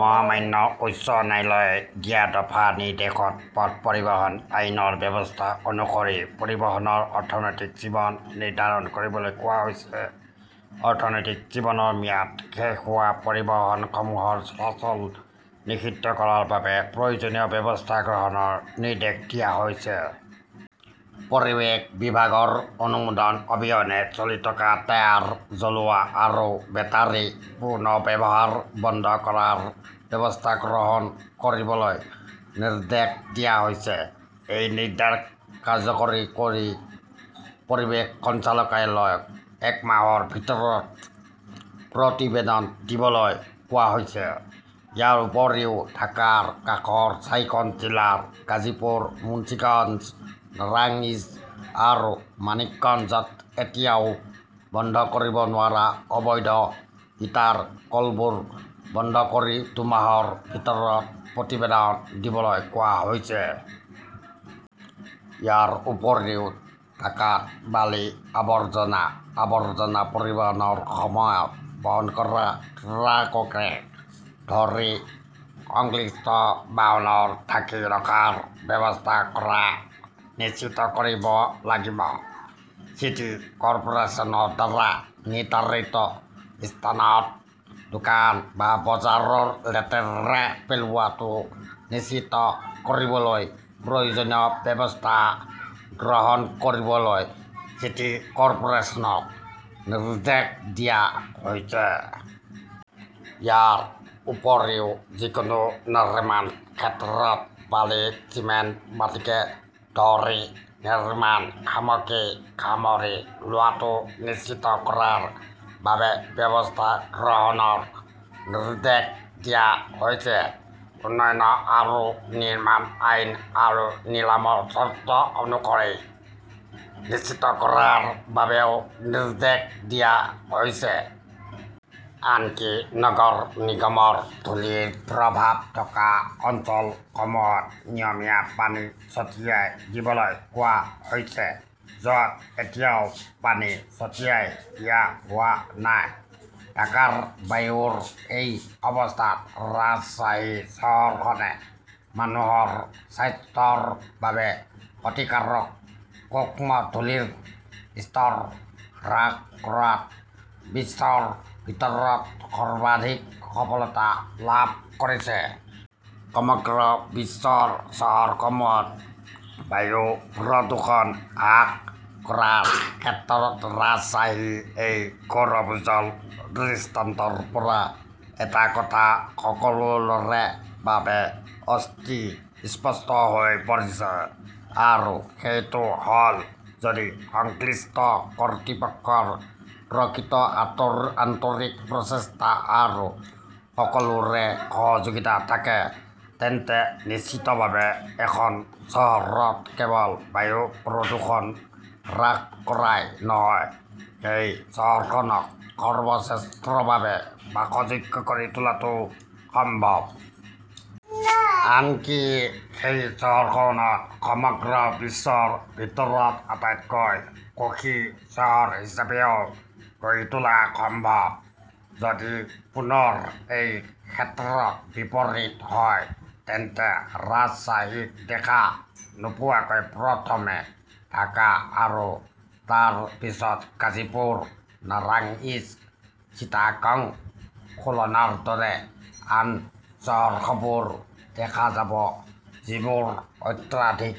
মহামান্য উচ্চ ন্যায়ালয়ে দিয়া দফা নিৰ্দেশত পথ পৰিবহণ আইনৰ ব্যৱস্থা অনুসৰি পৰিবহণৰ 'অৰ্থনৈতিক জীৱন "নিৰ্ধাৰণ কৰিবলৈ কোৱা হৈছে। অৰ্থনৈতিক জীৱনৰ ম্যাদ শেষ হোৱা পৰিবহণসমূহৰ চলাচল নিষিদ্ধ কৰাৰ বাবে প্ৰয়োজনীয় ব্যৱস্থা গ্ৰহণৰ নিৰ্দেশ দিয়া হৈছে। পৰিৱেশ বিভাগৰ অনুমোদন অবিহনে চলি থকা টায়াৰ জ্বলোৱা আৰু বেটাৰি পুনৰ্ব্যৱহাৰ বন্ধ কৰাৰ ব্যৱস্থা গ্ৰহণ কৰিবলৈ নিৰ্দেশ দিয়া হৈছে। এই নিৰ্দেশ কাৰ্যকৰী কৰি পৰিৱেশ সঞ্চালকালয়ক এক মাহৰ ভিতৰত প্ৰতিবেদন দিবলৈ কোৱা হৈছে। ইয়াৰ উপৰিও ঢাকাৰ কাষৰ চাৰিখন জিলা গাজীপুৰ, মুন্সিগঞ্জ, নাৰাংইজ আৰু মানিকগঞ্জত এতিয়াও বন্ধ কৰিব নোৱাৰা অবৈধ ইটাৰ কলবোৰ বন্ধ কৰি দুমাহৰ ভিতৰত প্ৰতিবেদন দিবলৈ কোৱা হৈছে। ইয়াৰ উপৰিও ঢাকাত বালি, আৱৰ্জনা, আৱৰ্জনা পৰিবহণৰ সময়ত বহন কৰা ট্ৰাককে ধৰি সংশ্লিষ্ট বাহনবোৰ ঢাকি ৰখাৰ ব্যৱস্থা কৰাটো নিশ্চিত কৰিব লাগিব। চিটি কৰ্পোৰেচনৰ দ্বাৰা নিৰ্ধাৰিত স্থানত দোকান বা বজাৰৰ লেতেৰা পেলোৱাটো নিশ্চিত কৰিবলৈ প্ৰয়োজনীয় ব্যৱস্থা গ্ৰহণ কৰিবলৈ চিটি কৰ্পোৰেচনক নিৰ্দেশ দিয়া হৈছে। ইয়াৰ উপৰিও যিকোনো নিৰ্মাণ ক্ষেত্ৰত বালি, চিমেণ্ট, মাটিকে ধৰি নিৰ্মাণ সামগ্ৰী সামৰি লোৱাটো নিশ্চিত কৰাৰ বাবে ব্যৱস্থা গ্ৰহণৰ নিৰ্দেশ দিয়া হৈছে। উন্নয়ন আৰু নিৰ্মাণ আইন আৰু নিলামৰ চৰ্ত অনুসৰি নিশ্চিত কৰাৰ বাবেও নিৰ্দেশ দিয়া হৈছে। আনকি নগৰ নিগমৰ ধূলিৰ প্ৰভাৱ থকা অঞ্চলসমূহত নিয়মীয়া পানী ছটিয়াই দিবলৈ কোৱা হৈছে য 'ত এতিয়াও পানী ছটিয়াই দিয়া হোৱা নাই। ঢাকাৰ বায়ুৰ এই অৱস্থাত, ৰাজশ্বাহী চহৰখনে মানুহৰ স্বাস্থ্যৰ বাবে ক্ষতিকাৰক সূক্ষ্ম ধূলিৰ স্তৰ হ্ৰাস কৰাত বিশ্বৰ ভিতৰত সৰ্বাধিক সফলতা লাভ কৰিছে। সমগ্ৰ বিশ্বৰ চহৰসমূহত বায়ু প্ৰদূষণ হ্ৰাস কৰাৰ ক্ষেত্ৰত ৰাজশ্বাহীৰ এই গৌৰৱোজ্জ্বল দৃষ্টান্তৰ পৰা এটা কথা সকলোৰে বাবে অতি স্পষ্ট হৈ পৰিছে। আৰু সেইটো হ 'ল, যদি সংশ্লিষ্ট কৰ্তৃপক্ষৰ প্ৰকৃত আন্তৰিক প্ৰচেষ্টা আৰু সকলোৰে সহযোগিতা থাকে, তেন্তে নিশ্চিতভাৱে এখন চহৰত কেৱল বায়ু প্ৰদূষণ হ্ৰাস কৰাই নহয়, সেই চহৰখনক সৰ্বশ্ৰেষ্ঠভাৱে বাসযোগ্য কৰি তোলাটোও সম্ভৱ। আনকি সেই চহৰখনক সমগ্ৰ বিশ্বৰ ভিতৰত আটাইতকৈ সুখী চহৰ হিচাপেও গঢ়ি তোলা সম্ভৱ। যদি পুনৰ এই ক্ষেত্ৰত বিপৰীত হয়, তেন্তে ৰাজশ্বাহীক দেখা নোপোৱাকৈ প্ৰথমে ঢাকা আৰু তাৰ পিছত গাজীপুৰ, নাৰাংইজ, চিটাগং, খুলনাৰ দৰে আন চহৰবোৰ দেখা যাব যিবোৰ অত্যাধিক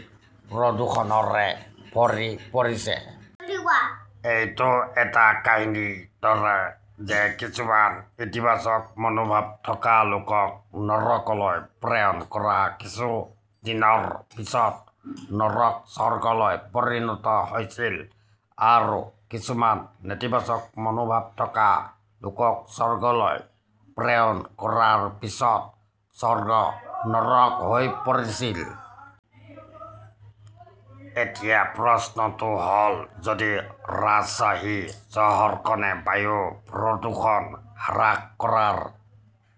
প্ৰদূষণৰে ভৰি পৰিছে। এইটো এটা কাহিনীৰ দৰে যে কিছুমান ইতিবাচক মনোভাৱ থকা লোকক নৰকলৈ প্ৰেৰণ কৰাৰ কিছু দিনৰ পিছত নৰক স্বৰ্গলৈ পৰিণত হৈছিল আৰু কিছুমান নেতিবাচক মনোভাৱ থকা লোকক স্বৰ্গলৈ প্ৰেৰণ কৰাৰ পিছত স্বৰ্গ নৰক হৈ পৰিছিল। এতিয়া প্ৰশ্নটো হ "ল, যদি ৰাজশ্বাহী চহৰখনে বায়ু প্ৰদূষণ হ্ৰাস কৰাৰ